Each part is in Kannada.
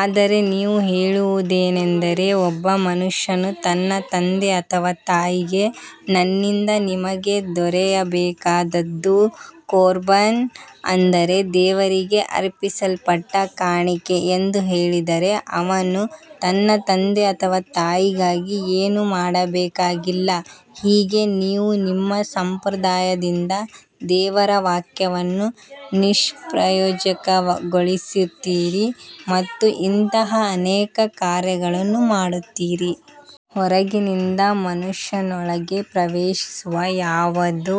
ಆದರೆ ನೀವು ಹೇಳುವುದೇನೆಂದರೆ, ಒಬ್ಬ ಮನುಷ್ಯನು ತನ್ನ ತಂದೆ ಅಥವಾ ತಾಯಿಗೆ, ನನ್ನಿಂದ ನಿಮಗೆ ದೊರೆಯಬೇಕಾದದ್ದು ಕೊರ್ಬಾನ್, ಅಂದರೆ ದೇವರಿಗೆ ಅರ್ಪಿಸಲ್ಪಟ್ಟ ಕಾಣಿಕೆ ಎಂದು ಹೇಳಿದರೆ, ಅವನು ತನ್ನ ತಂದೆ ಅಥವಾ ತಾಯಿಗಾಗಿ ಏನೂ ಮಾಡಬೇಕಾಗಿಲ್ಲ. ಹೀಗೆ ನೀವು ನಿಮ್ಮ ಸಂಪ್ರದಾಯದಿಂದ ದೇವರ ವಾಕ್ಯವನ್ನು ನಿಷ್ಪ್ರಯೋಜಕಗೊಳಿಸುತ್ತೀರಿ ಮತ್ತು ಇಂತಹ ಅನೇಕ ಕಾರ್ಯಗಳನ್ನು ಮಾಡುತ್ತೀರಿ. ಹೊರಗಿನಿಂದ ಮನುಷ್ಯನೊಳಗೆ ಪ್ರವೇಶಿಸುವ ಯಾವುದೂ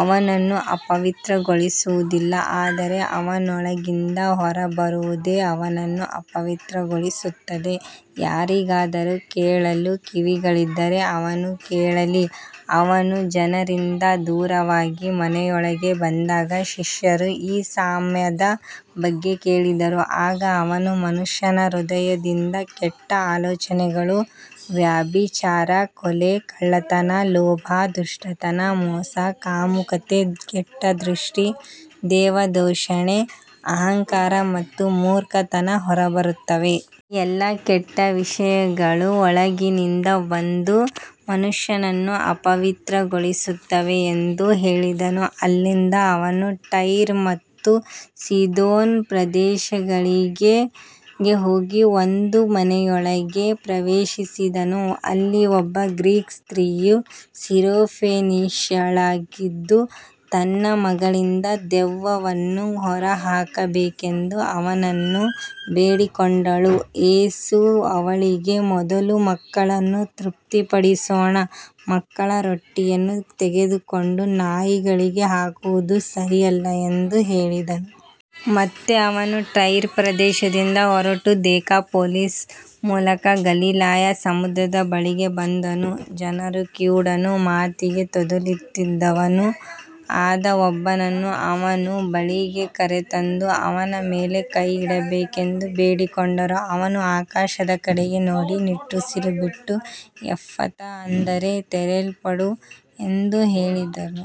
ಅವನನ್ನು ಅಪವಿತ್ರಗೊಳಿಸುವುದಿಲ್ಲ, ಆದರೆ ಅವನೊಳಗಿಂದ ಹೊರಬರುವುದೇ ಅವನನ್ನು ಅಪವಿತ್ರಗೊಳಿಸುತ್ತದೆ. ಯಾರಿಗಾದರೂ ಕೇಳಲು ಕಿವಿಗಳಿದ್ದರೆ ಅವನು ಕೇಳಲಿ. ಅವನು ಜನರಿಂದ ದೂರವಾಗಿ ಮನೆಯೊಳಗೆ ಬಂದಾಗ ಶಿಷ್ಯರು ಈ ಸಾಮ್ಯದ ಬಗ್ಗೆ ಕೇಳಿದರು. ಆಗ ಅವನು, ಮನುಷ್ಯನ ಹೃದಯದಿಂದ ಕೆಟ್ಟ ಆಲೋಚನೆಗಳು, ವ್ಯಭಿಚಾರ, ಕೊಲೆ, ಕಳ್ಳತನ, ಲೋಭ, ದುಷ್ಟತನ, ಮೋಸ, ಕಾಮುಕತೆ, ಕೆಟ್ಟ ದೃಷ್ಟಿ, ದೇವದೂಷಣೆ, ಅಹಂಕಾರ ಮತ್ತು ಮೂರ್ಖತನ ಹೊರಬರುತ್ತವೆ. ಈ ಎಲ್ಲಾ ಕೆಟ್ಟ ವಿಷಯಗಳು ಒಳಗಿನಿಂದ ಬಂದು ಮನುಷ್ಯನನ್ನು ಅಪವಿತ್ರಗೊಳಿಸುತ್ತವೆ ಎಂದು ಹೇಳಿದನು. ಅಲ್ಲಿಂದ ಅವನು ಟೈರ್ ಮತ್ತು ಸೀದೋನ್ ಪ್ರದೇಶಗಳಿಗೆ ಹೋಗಿ ಒಂದು ಮನೆಯೊಳಗೆ ಪ್ರವೇಶಿಸಿದನು. ಅಲ್ಲಿ ಒಬ್ಬ ಗ್ರೀಕ್ ಸ್ತ್ರೀಯು, ಸಿರೊಫೆನಿಷ್ಯಳಾಗಿದ್ದು, ತನ್ನ ಮಗಳಿಂದ ದೆವ್ವವನ್ನು ಹೊರಹಾಕಬೇಕೆಂದು ಅವನನ್ನು ಬೇಡಿಕೊಂಡಳು. ಯೇಸು ಅವಳಿಗೆ, ಮೊದಲು ಮಕ್ಕಳನ್ನು ತೃಪ್ತಿಪಡಿಸೋಣ, ಮಕ್ಕಳ ರೊಟ್ಟಿಯನ್ನು ತೆಗೆದುಕೊಂಡು ನಾಯಿಗಳಿಗೆ ಹಾಕುವುದು ಸರಿಯಲ್ಲ ಎಂದು ಹೇಳಿದನು. ಮತ್ತೆ ಅವನು ಟೈರ್ ಪ್ರದೇಶದಿಂದ ಹೊರಟು ದೆಕಾಪೊಲಿಸ್ ಮೂಲಕ ಗಲಿಲಾಯ ಸಮುದ್ರದ ಬಳಿಗೆ ಬಂದನು. ಜನರು ಕಿವುಡನೂ ಮಾತಿಗೆ ತೊದಲುತ್ತಿದ್ದವನೂ ಆದ ಒಬ್ಬನನ್ನು ಅವನ ಬಳಿಗೆ ಕರೆತಂದು ಅವನ ಮೇಲೆ ಕೈ ಇಡಬೇಕೆಂದು ಬೇಡಿಕೊಂಡರು. ಅವನು ಆಕಾಶದ ಕಡೆಗೆ ನೋಡಿ ನಿಟ್ಟುಸಿರುಬಿಟ್ಟು, ಎಫ್ಫಥಾ, ಅಂದರೆ ತೆರೆಯಲ್ಪಡು ಎಂದು ಹೇಳಿದನು.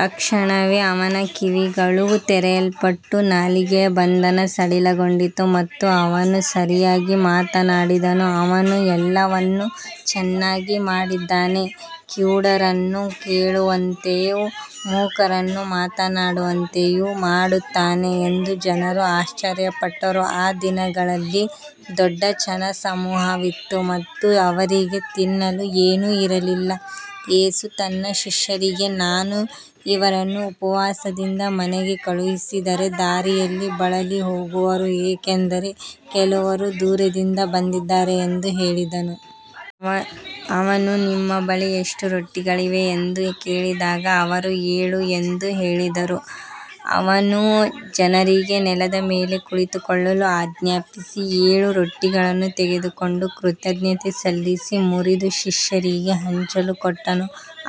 ತಕ್ಷಣವೇ ಅವನ ಕಿವಿಗಳು ತೆರೆಯಲ್ಪಟ್ಟು ನಾಲಿಗೆಯ ಬಂಧನ ಸಡಿಲಗೊಂಡಿತು ಮತ್ತು ಅವನು ಸರಿಯಾಗಿ ಮಾತನಾಡಿದನು. ಅವನು ಎಲ್ಲವನ್ನೂ ಚೆನ್ನಾಗಿ ಮಾಡಿದ್ದಾನೆ, ಕಿವುಡರನ್ನು ಕೇಳುವಂತೆಯೂ ಮೂಕರನ್ನು ಮಾತನಾಡುವಂತೆಯೂ ಮಾಡುತ್ತಾನೆ ಎಂದು ಜನರು ಆಶ್ಚರ್ಯಪಟ್ಟರು. ಆ ದಿನಗಳಲ್ಲಿ ದೊಡ್ಡ ಜನಸಮೂಹವಿತ್ತು ಮತ್ತು ಅವರಿಗೆ ತಿನ್ನಲು ಏನೂ ಇರಲಿಲ್ಲ. ಯೇಸು ತನ್ನ ಶಿಷ್ಯರಿಗೆ, ನಾನು ಇವರನ್ನು ಉಪವಾಸದಿಂದ ಮನೆಗೆ ಕಳುಹಿಸಿದರೆ ದಾರಿಯಲ್ಲಿ ಬಳಲಿಹೋಗುವರು, ಏಕೆಂದರೆ ಕೆಲವರು ದೂರದಿಂದ ಬಂದಿದ್ದಾರೆ ಎಂದು ಹೇಳಿದನು. ಅವನು, ನಿಮ್ಮ ಬಳಿ ಎಷ್ಟು ರೊಟ್ಟಿಗಳಿವೆ ಎಂದು ಕೇಳಿದಾಗ ಅವರು, ಏಳು ಎಂದು ಹೇಳಿದರು. ಅವನು ಜನರಿಗೆ ನೆಲದ ಮೇಲೆ ಕುಳಿತುಕೊಳ್ಳಲು ಆಜ್ಞಾಪಿಸಿ, ಏಳು ರೊಟ್ಟಿಗಳನ್ನು ತೆಗೆದುಕೊಂಡು ಕೃತಜ್ಞತೆ ಸಲ್ಲಿಸಿ ಮುರಿದು ಶಿಷ್ಯರಿಗೆ ಹಂಚಲು ಕೊಟ್ಟನು.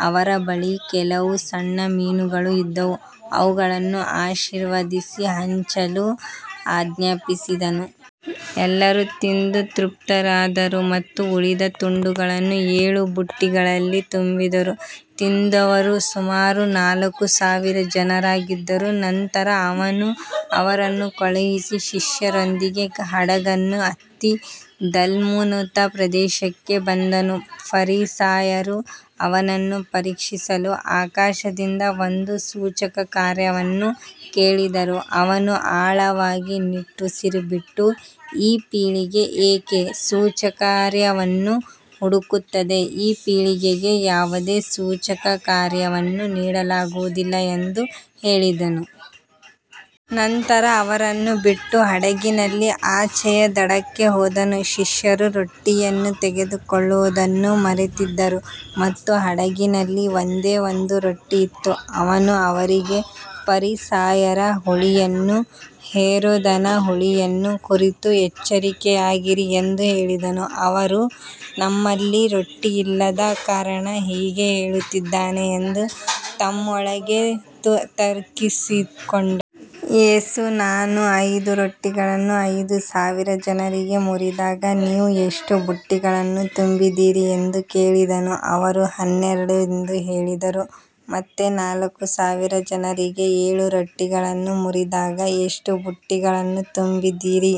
ಅವರ ಬಳಿ ಕೆಲವು ಸಣ್ಣ ಮೀನುಗಳೂ ಇದ್ದವು. ಅವುಗಳನ್ನು ಆಶೀರ್ವದಿಸಿ ಹಂಚಲು ಆಜ್ಞಾಪಿಸಿದನು. ಎಲ್ಲರೂ ತಿಂದು ತೃಪ್ತರಾದರು ಮತ್ತು ಉಳಿದ ತುಂಡುಗಳನ್ನು ಏಳು ಬುಟ್ಟಿಗಳಲ್ಲಿ ತುಂಬಿದರು. ತಿಂದವರು ಸುಮಾರು ನಾಲ್ಕು ಸಾವಿರ ಜನರಾಗಿದ್ದರು. ನಂತರ ಅವನು ಅವರನ್ನು ಕಳುಹಿಸಿ ಶಿಷ್ಯರೊಂದಿಗೆ ಹಡಗನ್ನು ಹತ್ತಿ ದಲ್ಮನೂತ ಪ್ರದೇಶಕ್ಕೆ ಬಂದನು. ಫರಿಸಾಯರು ಅವನನ್ನು ಪರೀಕ್ಷಿಸಲು ಆಕಾಶದಿಂದ ಒಂದು ಸೂಚಕಕಾರ್ಯವನ್ನು ಕೇಳಿದರು. ಅವನು ಆಳವಾಗಿ ನಿಟ್ಟುಸಿರುಬಿಟ್ಟು, ಈ ಪೀಳಿಗೆ ಏಕೆ ಸೂಚಕಕಾರ್ಯವನ್ನು ಹುಡುಕುತ್ತದೆ, ಈ ಪೀಳಿಗೆಗೆ ಯಾವುದೇ ಸೂಚಕಕಾರ್ಯವನ್ನು ನೀಡಲಾಗುವುದಿಲ್ಲ ಎಂದು ಹೇಳಿದನು. ನಂತರ ಅವರನ್ನು ಬಿಟ್ಟು ಹಡಗಿನಲ್ಲಿ ಆಚೆಯ ದಡಕ್ಕೆ ಹೋದನು. ಶಿಷ್ಯರು ರೊಟ್ಟಿಯನ್ನು ತೆಗೆದುಕೊಳ್ಳುವುದನ್ನು ಮರೆತಿದ್ದರು ಮತ್ತು ಹಡಗಿನಲ್ಲಿ ಒಂದೇ ಒಂದು ರೊಟ್ಟಿ ಇತ್ತು. ಅವನು ಅವರಿಗೆ, ಫರಿಸಾಯರ ಹುಳಿಯನ್ನೂ ಹೆರೋದನ ಹುಳಿಯನ್ನೂ ಕುರಿತು ಎಚ್ಚರಿಕೆಯಾಗಿರಿ ಎಂದು ಹೇಳಿದನು. ಅವರು ನಮ್ಮಲ್ಲಿ ರೊಟ್ಟಿಯಿಲ್ಲದ ಕಾರಣ ಹೀಗೆ ಹೇಳುತ್ತಿದ್ದಾನೆ ಎಂದು ತಮ್ಮೊಳಗೆ ತರ್ಕಿಸಿಕೊಂಡರು. ಯೇಸು, ನಾನು ಐದು ರೊಟ್ಟಿಗಳನ್ನು ಐದು ಸಾವಿರ ಜನರಿಗೆ ಮುರಿದಾಗ ನೀವು ಎಷ್ಟು ಬುಟ್ಟಿಗಳನ್ನು ತುಂಬಿದಿರಿ ಎಂದು ಕೇಳಿದನು. ಅವರು, ಹನ್ನೆರಡು ಎಂದು ಹೇಳಿದರು. ಮತ್ತೆ ನಾಲ್ಕು ಸಾವಿರ ಜನರಿಗೆ ಏಳು ರೊಟ್ಟಿಗಳನ್ನು ಮುರಿದಾಗ ಎಷ್ಟು ಬುಟ್ಟಿಗಳನ್ನು ತುಂಬಿದಿರಿ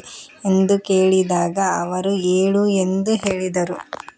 ಎಂದು ಕೇಳಿದಾಗ ಅವರು, ಏಳು ಎಂದು ಹೇಳಿದರು.